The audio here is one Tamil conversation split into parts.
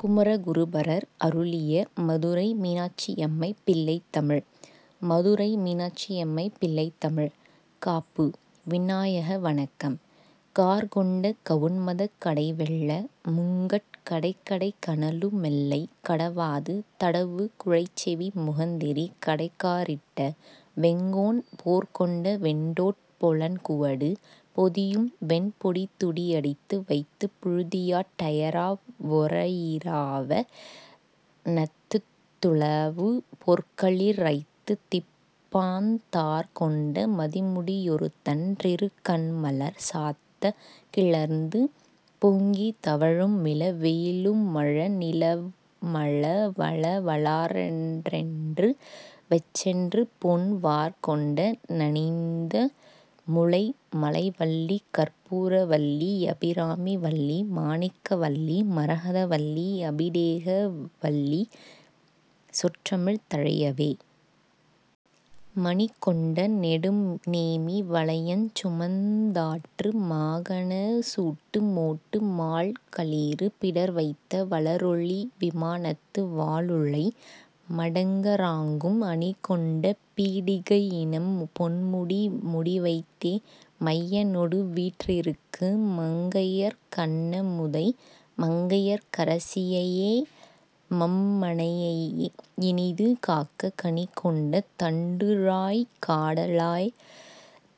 குமரகுருபரர் அருளிய மதுரை மீனாட்சியம்மை பிள்ளைத்தமிழ் மதுரை மீனாட்சியம்மை பிள்ளைத்தமிழ் காப்பு விநாயக வணக்கம் கார்கொண்ட கவுண்மதக் கடைவெள்ள முங்கட் கடைக்கடைக் கனலு மெல்லை கடவாது தடவுக் குழைச்செவி முகந்தெறி கடைக்கா றிட்ட வெங்கோன் போர்கொண்ட வெண்டோ ட்பொலன்குவடு பொதியும்வெண் பொடிதுடி யடித்து வைத்துப் புழுதியாட் டயராவொ ரயிராவ ணத்துலவு பொற்களிற் றைத்து திப்பாந் தார்கொண்ட மதிமுடி யொருத்தன் றிருக்கண்மலர் சாத்தக் கிளர்ந்து பொங்கித் தவழுமிள வெயிலுமழ நிலவுமள வளவலாற் றண்ணென்று வெச்சென்று பொன் வார்கொண்ட டணிந்தமுலை மலைவல்லி கர்ப்பூர வல்லியபி ராம வல்லி மாணிக்க வல்லிமர கதவல்லி யபிடேக வல்லி சொற் றமிழ் தழையவே. மணிகொண்ட நெடுநேமி வலயஞ் சுமந்தாற்று மாகணச் சூட்டு மோட்டு மால்களிறு பிடர்வைத்த வளரொளி விமானத்து வாலுளை மடங்க றாங்கும் அணிகொண்ட பீடிகையி னம்பொன்முடி முடிவைத்தே மையனொடு வீற்றி ருக்கு மங்கயற் கண்ணமுதை மங்கையர்க் கரசியையெ மம்மனையை யினிது காக்க கணிகொண்ட தண்டுழாய்க் காடலாய்த்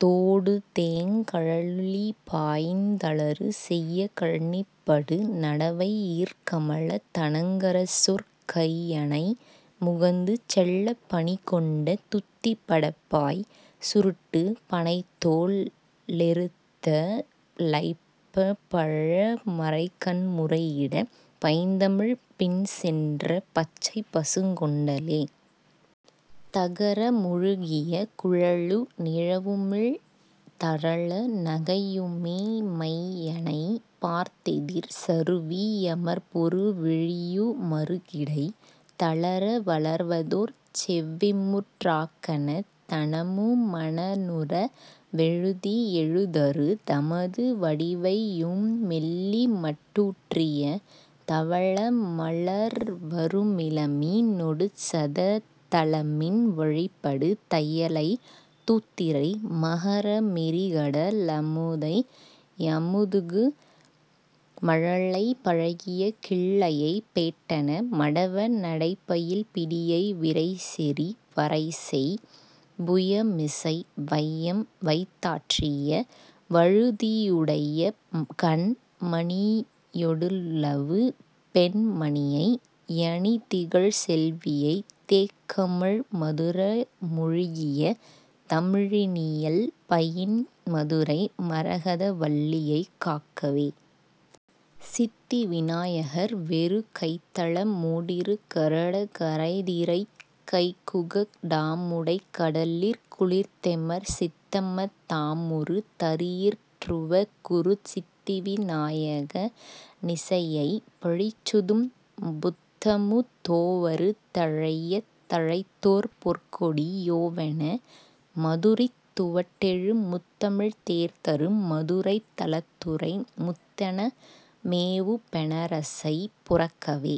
தோடுதேங் கழலுழிபாய்ந் தளறு செய்யக் கழனிபடு நடவையிற் கமலத் தணங்கரசொர் கையணை முகந்து செல்லப் பணிகொண்ட துத்திப் படப்பாய்ச் சுருட்டுப் பணைத்தோ ளெருத்த லைப்பப் பழமறைகண் முறையிடப் பைந்தமிழ்ப் பின்சென்ற பச்சைப் பசுங் கொண்டலே. தகரமொழுகிய குழலு நிலவுமிழ் தரள நகையுமெ மையனைப் பார்த்தெதிர் சருவி யமர்பொரு விழியு மறுகிடை தளர வளர்வதொர் செவ்விமுற் றாக்கன தனமு மனனுற வெழுதி யெழுதரு தமது வடிவையு மெள்ளிமட் டூற்றிய தவள மலர்வரு மிளமி னொடுசத தளமின் வழிபடு தையலைத் தூத்திரை மகர மெறிகட லமுதை யமுதுகு மழலை பழகிய கிள்ளையைப் பேட்டன மடவ நடைபயில் பிடியை விரைசெறி வரைசெய் புயமிசை வையம் வைத்தாற்றிய வழுதியுடைய கண் மணியொ டுலவு பெண் மணியை யணிதிகழ் செல்வியைத் தேக்கமழ் மதுர மொழுகிய தமிழி னியல்பயின் மதுரை மரகத வல்லியைக் காக்கவே. சித்தி வினாயகர் வேறு கைத்தல மோடிரு கரடக் கரைத்திரை கைக்குக டாமுடைக் கடலிற் குளித்தெமர் சித்தம தாமொரு தறியிற் றுவக்குறு சித்திவி நாயக னிசையைப் பழிச்சுதும் புத்தமு தோவரு டழையத் தழைத்ததொர் பொற்கோடி யோவென மதுரித் துவட்டெழு முத்தமிழ் தேர்தரு மதுரைத் தலத்துறை முத்தன மேவுபெ ணரசைப் புரக்கவே.